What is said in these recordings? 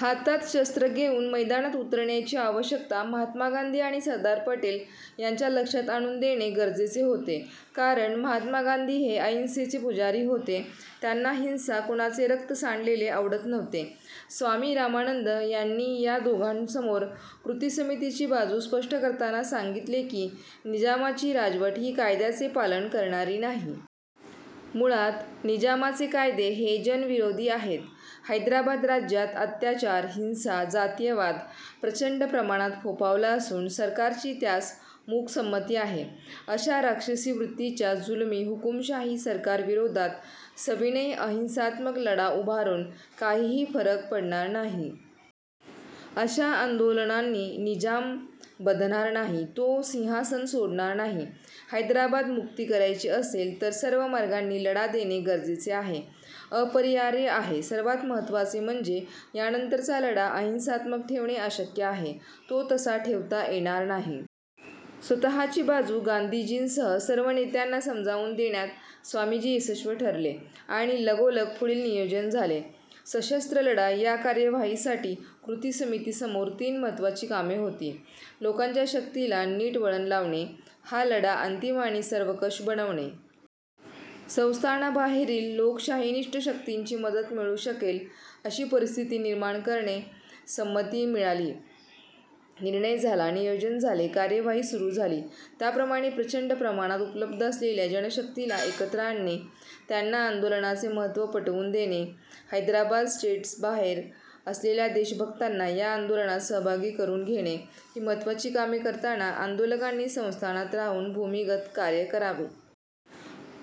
हातात शस्त्र घेऊन मैदानात उतरण्याची आवश्यकता महात्मा गांधी आणि सरदार पटेल यांच्या लक्षात आणून देणे गरजेचे होते, कारण महात्मा गांधी हे अहिंसेचे पुजारी होते. त्यांना हिंसा, कुणाचे रक्त सांडलेले आवडत नव्हते. स्वामी रामानंद यांनी या दोघांसमोर कृतिसमितीची बाजू स्पष्ट करताना सांगितले की, निजामाची राजवट ही कायद्याचे पालन करणारी नाही. मुळात निजामाचे कायदे हे जनविरोधी आहेत. हैदराबाद राज्यात अत्याचार, हिंसा, जातीयवाद प्रचंड प्रमाणात फोफावला असून सरकारची त्यास मूकसंमती आहे. अशा राक्षसी वृत्तीच्या, जुलमी, हुकुमशाही सरकारविरोधात सविनय, अहिंसात्मक लढा उभारून काहीही फरक पडणार नाही. अशा आंदोलनांनी निजाम बधणार नाही. तो सिंहासन सोडणार नाही. हैदराबाद मुक्ती करायची असेल तर सर्व मार्गांनी लढा देणे गरजेचे आहे, अपरिहार्य आहे. सर्वात महत्त्वाचे म्हणजे यानंतरचा लढा अहिंसात्मक ठेवणे अशक्य आहे. तो तसा ठेवता येणार नाही. स्वतःची बाजू गांधीजींसह सर्व नेत्यांना समजावून देण्यात स्वामीजी यशस्वी ठरले आणि लगोलग पुढील नियोजन झाले. सशस्त्र लढा या कार्यवाहीसाठी कृतिसमितीसमोर तीन महत्त्वाची कामे होती. लोकांच्या शक्तीला नीट वळण लावणे. हा लढा अंतिम आणि सर्वंकष बनविणे. संस्थानाबाहेरील लोकशाहीनिष्ठ शक्तींची मदत मिळू शकेल अशी परिस्थिती निर्माण करणे. संमती मिळाली. निर्णय झाला. नियोजन झाले. कार्यवाही सुरू झाली. त्याप्रमाणे प्रचंड प्रमाणात उपलब्ध असलेल्या जनशक्तीला एकत्र आणणे, त्यांना आंदोलनाचे महत्त्व पटवून देणे, हैदराबाद स्टेटबाहेर असलेल्या देशभक्तांना या आंदोलनात सहभागी करून घेणे ही महत्त्वाची कामे करताना आंदोलकांनी संस्थानात राहून भूमिगत कार्य करावे.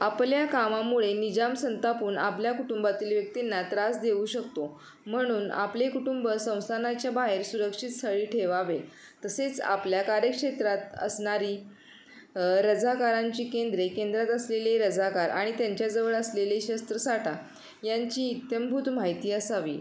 आपल्या कामामुळे निजाम संतापून आपल्या कुटुंबातील व्यक्तींना त्रास देऊ शकतो, म्हणून आपले कुटुंब संस्थानाच्या बाहेर सुरक्षित स्थळी ठेवावे. तसेच आपल्या कार्यक्षेत्रात असणारी रझाकारांची केंद्रे, केंद्रात असलेले रझाकार आणि त्यांच्याजवळ असलेला शस्त्रसाठा यांची इत्थंभूत माहिती असावी.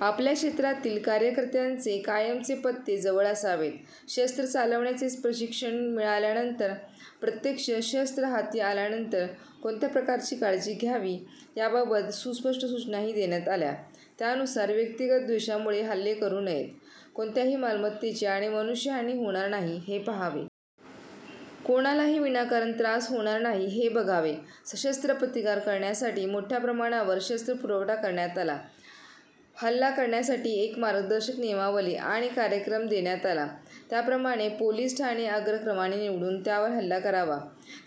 आपल्या क्षेत्रातील कार्यकर्त्यांचे कायमचे पत्ते जवळ असावेत. शस्त्र चालवण्याचे प्रशिक्षण मिळाल्यानंतर, प्रत्यक्ष शस्त्र हाती आल्यानंतर कोणत्या प्रकारची काळजी घ्यावी याबाबत सुस्पष्ट सूचनाही देण्यात आल्या. त्यानुसार व्यक्तिगत द्वेषामुळे हल्ले करू नयेत. कोणत्याही मालमत्तेची आणि मनुष्यहानी होणार नाही हे पाहावे. कोणालाही विनाकारण त्रास होणार नाही हे बघावे. सशस्त्र प्रतिकार करण्यासाठी मोठ्या प्रमाणावर शस्त्रपुरवठा करण्यात आला. हल्ला करण्यासाठी एक मार्गदर्शक नियमावली आणि कार्यक्रम देण्यात आला. त्याप्रमाणे पोलीस ठाणे अग्रक्रमाने निवडून त्यावर हल्ला करावा.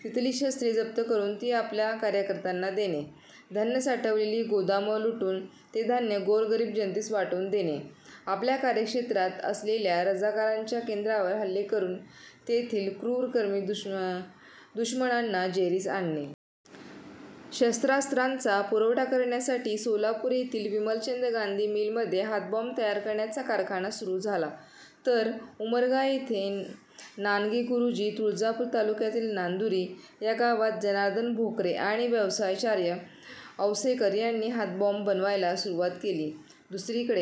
तिथली शस्त्रे जप्त करून ती आपल्या कार्यकर्त्यांना देणे, धान्य साठवलेली गोदामं लुटून ते धान्य गोरगरीब जनतेस वाटून देणे, आपल्या कार्यक्षेत्रात असलेल्या रझाकारांच्या केंद्रांवर हल्ले करून तेथील क्रूरकर्मी दुश्मनांना जेरीस आणणे! शस्त्रास्त्रांचा पुरवठा करण्यासाठी सोलापूर येथील विमलचंद गांधी मिलमध्ये हातबॉम्ब तयार करण्याचा कारखाना सुरू झाला, तर उमरगा येथे नागणे गुरुजी, तुळजापूर तालुक्यातील नांदुरी या गावात जनार्दन भोकरे आणि व्यासाचार्य औसेकर यांनी हातबॉम्ब बनवायला सुरुवात केली. दुसरीकडे